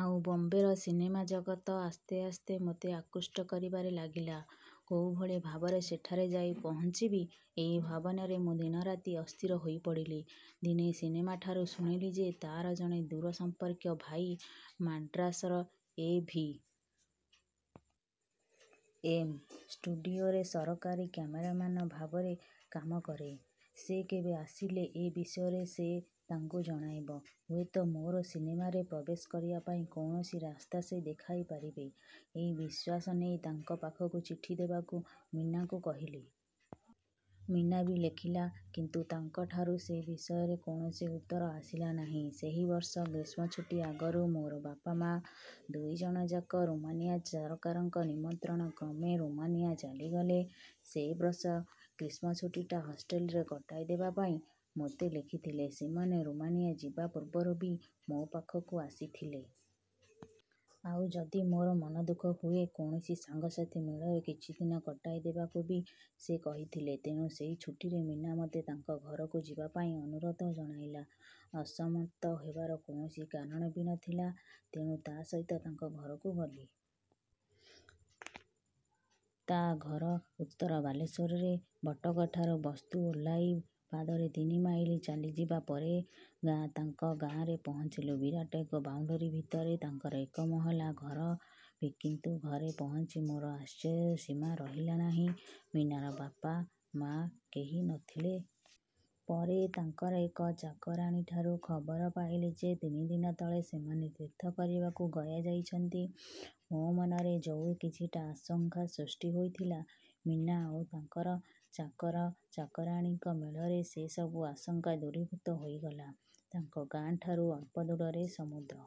ଆଉ ବମ୍ବେର ସିନେମା ଜଗତ ଆସ୍ତେ ଆସ୍ତେ ମୋତେ ଆକୃଷ୍ଟ କରିବାରେ ଲାଗିଲା। କୋଉଭଳି ଭାବରେ ସେଠାରେ ଯାଇ ପହଞ୍ଚିବି ଏଇ ଭାବନାରେ ମୁଁ ଦିନରାତି ଅସ୍ଥିର ହେଇପଡ଼ିଲି। ଦିନେ ମୀନାଠାରୁ ଶୁଣିଲି ଯେ ତା'ର ଜଣେ ଦୂର ସମ୍ପର୍କୀୟ ଭାଇ ମାଡ୍ରାସର ଏ. ଭି. ଏମ. ଷ୍ଟୁଡ଼ିଓରେ ସହକାରୀ କ୍ୟମେରାମ୍ୟାନ ଭାବରେ କାମ କରେ। ସେ କେବେ ଆସିଲେ ଏ ବିଷୟରେ ସେ ତାଙ୍କୁ ଜଣାଇବ। ହୁଏତ ମୋର ସିନେମାରେ ପ୍ରବେଶ କରିବା ପାଇଁ କୌଣସି ରାସ୍ତା ସେ ଦେଖାଇପାରିବେ। ଏଇ ବିଶ୍ୱାସ ନେଇ ତାଙ୍କ ପାଖକୁ ଚିଠି ଦେବାକୁ ମୀନାକୁ କହିଲି। ମୀନା ବି ଲେଖିଲା କିନ୍ତୁ ତାଙ୍କଠାରୁ ସେ ବିଷୟରେ କୌଣସି ଉତ୍ତର ଆସିଲା ନାହିଁ। ସେହି ବର୍ଷ ଗ୍ରୀଷ୍ମଛୁଟି ଆଗରୁ ମୋର ବାପା, ମା ଦୁଇଜଣଯାକ ରୁମାନିୟା ସରକାରଙ୍କ ନିମନ୍ତ୍ରଣକ୍ରମେ ରୁମାନିୟା ଚାଲିଗଲେ। ସେ ବର୍ଷ ଗ୍ରୀଷ୍ମଛୁଟିଟା ହଷ୍ଟେଲରେ କଟାଇଦେବାପାଇଁ ମୋତେ ଲେଖିଥିଲେ। ସେମାନେ ରୁମାନିୟା ଯିବା ପୂର୍ବରୁ ବି ମୋ ପାଖକୁ ଆସିଥିଲେ। ଆଉ ଯଦି ମୋର ମନଦୁଃଖ ହୁଏ, କୌଣସି ସାଙ୍ଗସାଥୀ ମେଳରେ କିଛିଦିନ କଟାଇଦେବାକୁ ବି ସେ କହିଥିଲେ ତେଣୁ ସେଇ ଛୁଟିରେ ମୀନା ମୋତେ ତାଙ୍କ ଘରକୁ ଯିବାପାଇଁ ଅନୁରୋଧ ଜଣାଇଲା। ଅସମ୍ମତ ହେବାର କୌଣସି କାରଣ ବି ନ ଥିଲା, ତେଣୁ ତା ସହିତ ତାଙ୍କ ଘରକୁ ଗଲି। ତା ଘର ଉତ୍ତର ବାଲେଶ୍ୱରରେ। ବଟଗଠାରୁ ବସ୍ରୁ ଓହ୍ଲାଇ ପାଦରେ ତିନି ମାଇଲ ଚାଲିଯିବା ପରେ ତାଙ୍କ ଗାଆଁରେ ପହଞ୍ଚିଲୁଁ। ବିରାଟ ଏକ ବାଉଣ୍ଡରୀ ଭିତରେ ତାଙ୍କର ଏକମହଲା ଘର କିନ୍ତୁ ଘରେ ପହଞ୍ଚି ମୋର ଆଶ୍ଚର୍ଯ୍ୟର ସୀମା ରହିଲା ନାହିଁ। ମୀନାର ବାପା, ମା କେହି ନ ଥିଲେ। ପରେ ତାଙ୍କର ଏକ ଚାକରାଣୀଠାରୁ ଖବର ପାଇଲି ଯେ ତିନିଦିନ ତଳେ ସେମାନେ ତୀର୍ଥ କରିବାକୁ ଗୟା ଯାଇଛନ୍ତି। ମୋ ମନରେ ଯୋଉ କିଛିଟା ଆଶଙ୍କା ସୃଷ୍ଟି ହେଇଥିଲା, ମୀନା ଆଉ ତାଙ୍କର ଚାକରଚାକରାଣୀଙ୍କ ମେଳରେ ସେ ସବୁ ଆଶଙ୍କା ଦୂରୀଭୂତ ହେଇଗଲା। ତାଙ୍କ ଗାଆଁଠାରୁ ଅଳ୍ପ ଦୂରରେ ସମୁଦ୍ର।।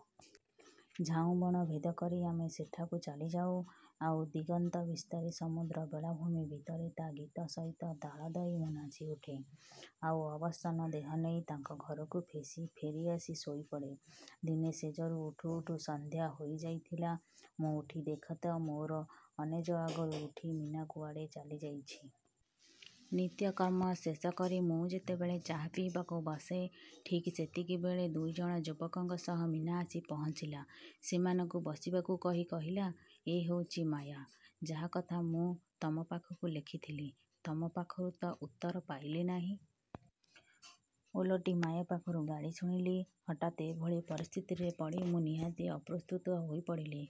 ଝାଉଁବଣ ଭେଦ କରି ଆମେ ସେଠାକୁ ଚାଲିଯାଉଁ। ଆଉ ଦିଗନ୍ତବିସ୍ତାରୀ ସମୁଦ୍ରର ବେଳାଭୂମି ଭିତରେ ତା ଗୀତ ସହିତ ତାଳ ଦେଇ ମୁଁ ନାଚିଉଠେ। ଆଉ ଅବସନ୍ନ ଦେହ ନେଇ ତାଙ୍କ ଘରକୁ ଫେରିଆସି ଶୋଇପଡ଼େ। ଦିନେ ଶେଯରୁ ଉଠୁ ଉଠୁ ସନ୍ଧ୍ୟା ହେଇଯାଇଥିଲା, ମୁଁ ଉଠି ଦେଖେ ତ ମୋର ଅନେଜ ଆଗରୁ ଉଠି ମୀନା କୁଆଡ଼େ ଚାଲିଯାଇଛି। ନିତ୍ୟକର୍ମ ଶେଷ କରି ମୁଁ ଯେତେବେଳେ ଚା' ପିଇବାକୁ ବସେ ଠିକ୍ ସେତିକିବେଳେ ଦୁଇଜଣ ଯୁବକଙ୍କ ସହ ମୀନା ଆସି ପହଞ୍ଚିଲା। ସେମାନଙ୍କୁ ବସିବାକୁ କହି କହିଲା, 'ଏଇ ହେଉଛି ମାୟା, ଯାହା କଥା ମୁଁ ତମ ପାଖକୁ ଲେଖିଥିଲି। ତମ ପାଖରୁ ତ ଉତ୍ତର ପାଇଲି ନାହିଁ। ଓଲଟି ମାୟା ପାଖରୁ ଗାଳି ଶୁଣିଲି। ହଠାତ୍ ଏଭଳି ପରିସ୍ଥିତିରେ ପଡ଼ି ମୁଁ ନିହାତି ଅପ୍ରସ୍ତୁତ ହୋଇପଡ଼ିଲି।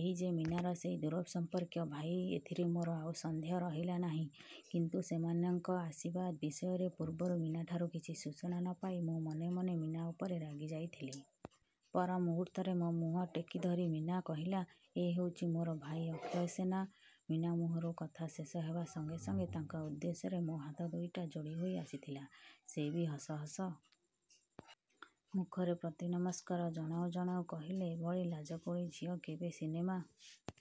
ଏଇ ଯେ ମୀନାର ସେଇ ଦୂରସମ୍ପର୍କୀୟ ଭାଇ, ଏଥିରେ ମୋର ଆଉ ସନ୍ଦେହ ରହିଲା ନାହିଁ କିନ୍ତୁ ସେମାନଙ୍କ ଆସିବା ବିଷୟରେ ପୂର୍ବରୁ ମୀନାଠାରୁ କିଛି ସୂଚନା ନ ପାଇ, ମୁଁ ମନେ ମନେ ମୀନା ଉପରେ ରାଗିଯାଇଥିଲି। ପର ମୁହୂର୍ତ୍ତରେ ମୋ ମୁହଁ ଟେକିଧରି ମୀନା କହିଲା, 'ଏଇ ହେଉଛନ୍ତି ମୋର ଭାଇ ଅକ୍ଷୟ ସେନ। ' ମୀନା ମୁହଁରୁ କଥା ଶେଷ ହେବା ସଙ୍ଗେ ସଙ୍ଗେ ତାଙ୍କ ଉଦ୍ଦେଶ୍ୟରେ ମୋର ହାତ ଦୁଇଟା ଯୋଡ଼ି ହୋଇ ଆସିଥିଲା। ସେ ବି ହସ ହସ ମୁଖରେ ପ୍ରତିନମସ୍କାର ଜଣାଉ ଜଣାଉ କହିଲେ, 'ଏଭଳି ଲାଜକୁଳୀ ଝିଅ କେବେ ସିନେମା